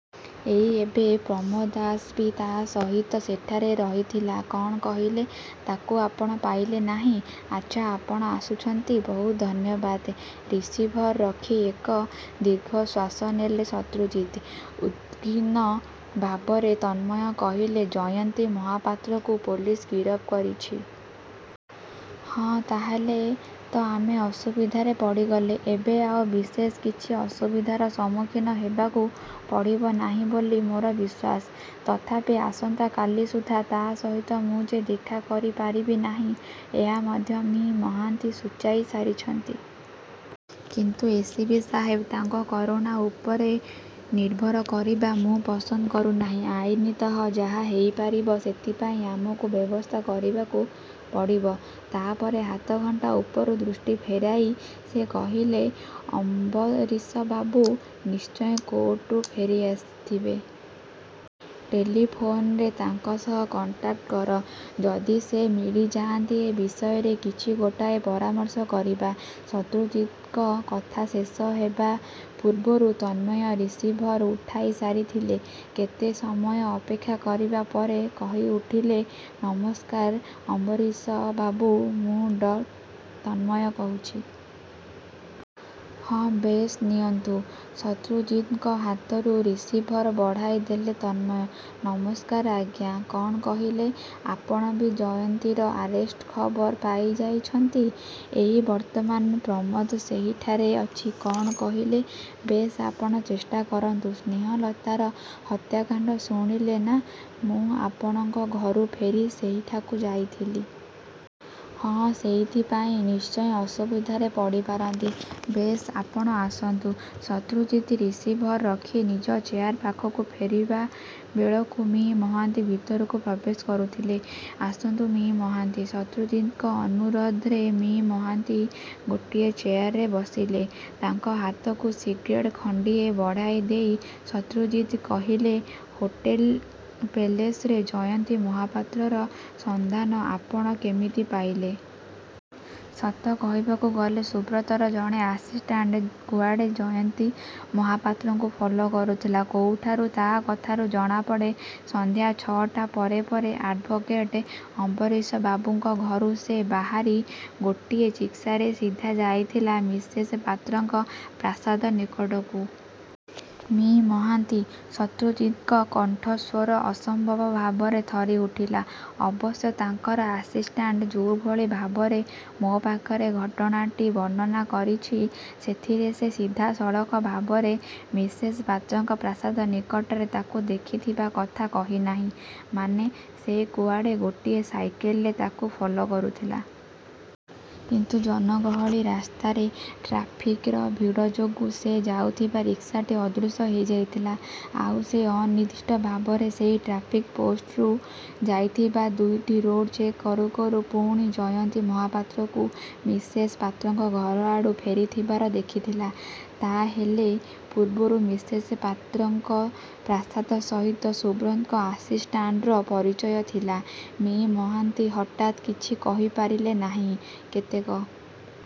ଏଇ ଏବେ, ପ୍ରମୋଦ ଦାସ ବି ତା'ସହିତ ସେଠାରେ ରହିଥିଲା କଣ କହିଲେ ତାକୁ ଆପଣ ପାଇଲେ ନାହିଁ। ଆଚ୍ଛା ଆପଣ ଆସୁଛନ୍ତି ବହୁତ ଧନ୍ୟବାଦ। ' ରିସିଭର ରଖି ଏକ ଦୀର୍ଘ ଶ୍ୱାସ ନେଲେ ଶତ୍ରୁଜିତ। ଉଦ୍ବିଗ୍ନ ଭାବରେ ତନ୍ମୟ କହିଲେ, 'ଜୟନ୍ତୀ ମହାପାତ୍ରକୁ ପୋଲିସ ଗିରଫ କରିଛି? 'ହଁ' 'ତା'ହେଲେ ତ ଆମେ ଅସୁବିଧାରେ ପଡ଼ିଗଲେ' 'ଏବେ ଆଉ ବିଶେଷ କିଛି ଅସୁବିଧାର ସମ୍ମୁଖୀନ ହେବାକୁ ପଡ଼ିବ ନାହିଁ ବୋଲି ମୋର ବିଶ୍ୱାସ। ତଥାପି ଆସନ୍ତା କାଲି ସୁଦ୍ଧା ତା'ସହିତ ମୁଁ ଯେ ଦେଖା କରିପାରିବି ନାହିଁ ଏହା ମଧ୍ୟ ମି: ମହାନ୍ତି ସୂଚାଇ ସାରିଛନ୍ତି। ' 'କିନ୍ତୁ ଏସ. ପି. ସାହେବ' 'ତାଙ୍କ କରୁଣା ଉପରେ ନିର୍ଭର କରିବା ମୁଁ ପସନ୍ଦ କରୁନାହିଁ। ଆଇନତଃ ଯାହା ହେଇପାରିବ, ସେଥିପାଇଁ ଆମକୁ ବ୍ୟବସ୍ଥା କରିବାକୁ ପଡ଼ିବ। ' ତା'ପରେ ହାତଘଣ୍ଟା ଉପରୁ ଦୃଷ୍ଟି ଫେରାଇ ସେ କହିଲେ, 'ଅମ୍ୱରୀଶବାବୁ ନିଶ୍ଚୟ କୋର୍ଟରୁ ଫେରିଆସିଥିବେ। ଟେଲିଫୋନରେ। ତାଙ୍କ ସହ କଣ୍ଟାକ୍ଟ କର। ଯଦି ସେ ମିଳିଯାଆନ୍ତି ଏ ବିଷୟରେ କିଛି ଗୋଟିଏ ପରାମର୍ଶ କରିବା। ' ଶତ୍ରୁଜିତଙ୍କ କଥା ଶେଷ ହେବା ପୂର୍ବରୁ ତନ୍ମୟ ରିସିଭର ଉଠାଇ ସାରିଥିଲେ। କେତେ ସମୟ ଅପେକ୍ଷା କରିବା ପରେ କହିଉଠିଲେ, 'ନମସ୍କାର ଅମ୍ୱରୀଶବାବୁ, ମୁଁ ଡ: ତନ୍ମୟ କହୁଛି। ହଁ ବେଶ୍, ନିଅନ୍ତୁ। ' ଶତ୍ରୁଜିତଙ୍କ ହାତକୁ ରିସିଭର ବଢ଼ାଇଦେଲେ ତନ୍ମୟ। 'ନମସ୍କାର ଆଜ୍ଞା, କଣ କହିଲେ ଆପଣ ବି ଜୟନ୍ତୀର ଆରେଷ୍ଟ ଖବର ପାଇଯାଇଛନ୍ତି-। ଏଇ ବର୍ତ୍ତମାନ ପ୍ରମୋଦ ସେହିଠାରେ ଅଛି କଣ କହିଲେ-ବେଶ୍, ଆପଣ ଚେଷ୍ଟାକରନ୍ତୁ-। ସ୍ନେହଲତାର ହତ୍ୟାକାଣ୍ତ ଶୁଣିଲେ, ନା-ମୁଁ ଆପଣଙ୍କ ଘରୁ ଫେରି ସେହିଠାକୁ ଯାଇଥିଲି। ହଁ, ସେଇଥିପାଇଁ ନିଶ୍ଚୟ ଅସୁବିଧାରେ ପଡ଼ିପାରନ୍ତି। ବେଶ୍, ଆପଣ ଆସନ୍ତୁ। ' ଶତ୍ରୁଜିତ ରିସିଭର ରଖି ନିଜ ଚେୟାର ପାଖକୁ ଫେରିବାବେଳକୁ ମି: ମହାନ୍ତି ଭିତରକୁ ପ୍ରବେଶ କରୁଥିଲେ। 'ଆସନ୍ତୁ, ମି: ମହାନ୍ତି! ' ଶତ୍ରୁଜିତଙ୍କ ଅନୁରୋଧରେ ମି: ମହାନ୍ତି ଗୋଟିଏ ଚେୟାରରେ ବସିଲେ। ତାଙ୍କ ହାତକୁ ସିଗାରେଟ୍ ଖଣ୍ତିଏ ବଢାଇ ଦେଇ ଶତ୍ରୁଜିତ କହିଲେ, 'ହୋଟେଲ ପେଲେସରେ ଜୟନ୍ତୀ ମହାପାତ୍ରର ସନ୍ଧାନ ଆପଣ କେମିତି ପାଇଲେ? 'ସତ କହିବାକୁ ଗଲେ ସୁବ୍ରତର ଜଣେ ଆସିଷ୍ଟାଣ୍ଟ କୁଆଡ଼େ ଜୟନ୍ତୀ ମହାପାତ୍ରକୁ ଫଲୋ କରୁଥିଲା। ' 'କୋଉଠାରୁ? ' 'ତା କଥାରୁ ଜଣାପଡ଼େ, ସଂଧ୍ୟା ଛ'ଟା ପରେ ପରେ ଆଡ଼୍ଭୋକେଟ ଅମ୍ବରୀଶବାବୁଙ୍କ ଘରୁ ସେ ବାହାରି ଗୋଟିଏ ଚିକ୍ସାରେ ସିଧା ଯାଇଥିଲା ମିସେସ ପାତ୍ରଙ୍କ ପ୍ରାସାଦ ନିକଟକୁ। ' ମିଃ: ମହାନ୍ତି! ' ଶତ୍ରୁଜିତଙ୍କ କଣ୍ଠସ୍ୱର ଅସମ୍ଭବ ଭାବରେ ଥରିଉଠିଲା। 'ଅବଶ୍ୟ ତାଙ୍କର ଆସିଷ୍ଟାଣ୍ଟ ଯୋଉଭଳି ଭାବରେ ମୋ ପାଖରେ ଘଟଣାଟି ବର୍ଣ୍ଣନା କରିଛି ସେଥିରେ ସେ ସିଧାସଳଖ ଭାବରେ ମିସେସ୍ ପାତ୍ରଙ୍କ ପ୍ରାସାଦ ନିକଟରେ ତାକୁ ଦେଖିଥିବା କଥା କହିନାହିଁ' 'ମାନେ? ' 'ସେ କୁଆଡ଼େ ଗୋଟିଏ ସାଇକେଲରେ ତାକୁ ଫଲୋ କରୁଥିଲା। କିନ୍ତୁ ଜନଗହଳି ରାସ୍ତାରେ ଟ୍ରାଫିକ୍ର ଭିଡ଼ ଯୋଗୁଁ ସେ ଯାଉଥିବା ରିକ୍ସାଟି ଅଦୃଶ୍ୟ ହେଇଯାଇଥିଲା। ଆଉ ସେ ଅନିର୍ଦ୍ଦିଷ୍ଟ ଭାବରେ ସେଇ ଟ୍ରାଫିକ୍ ପୋଷ୍ଟରୁ ଯାଇଥିବା ଦୁଇଟି ରୋଡ଼ ଚେକ୍ କରୁ କରୁ ପୁଣି ଜୟନ୍ତୀ ମହାପାତ୍ରକୁ ମିସେସ୍ ପାତ୍ରଙ୍କ ଘରଆଡ଼ୁ ଫେରିଥିବାର ଦେଖିଥିଲା। ' 'ତା' ହେଲେ ପୂର୍ବରୁ ମିସେସ ପାତ୍ରଙ୍କ ପ୍ରାସାଦ ସହିତ ସୁବ୍ରତଙ୍କ ଆସିଷ୍ଟାଣ୍ଟର ପରିଚୟ ଥିଲା? ' 'ମି: ମହାନ୍ତି ହଠାତ୍ କିଛି କହିପାରିଲେ ନାହିଁ। କେତେକ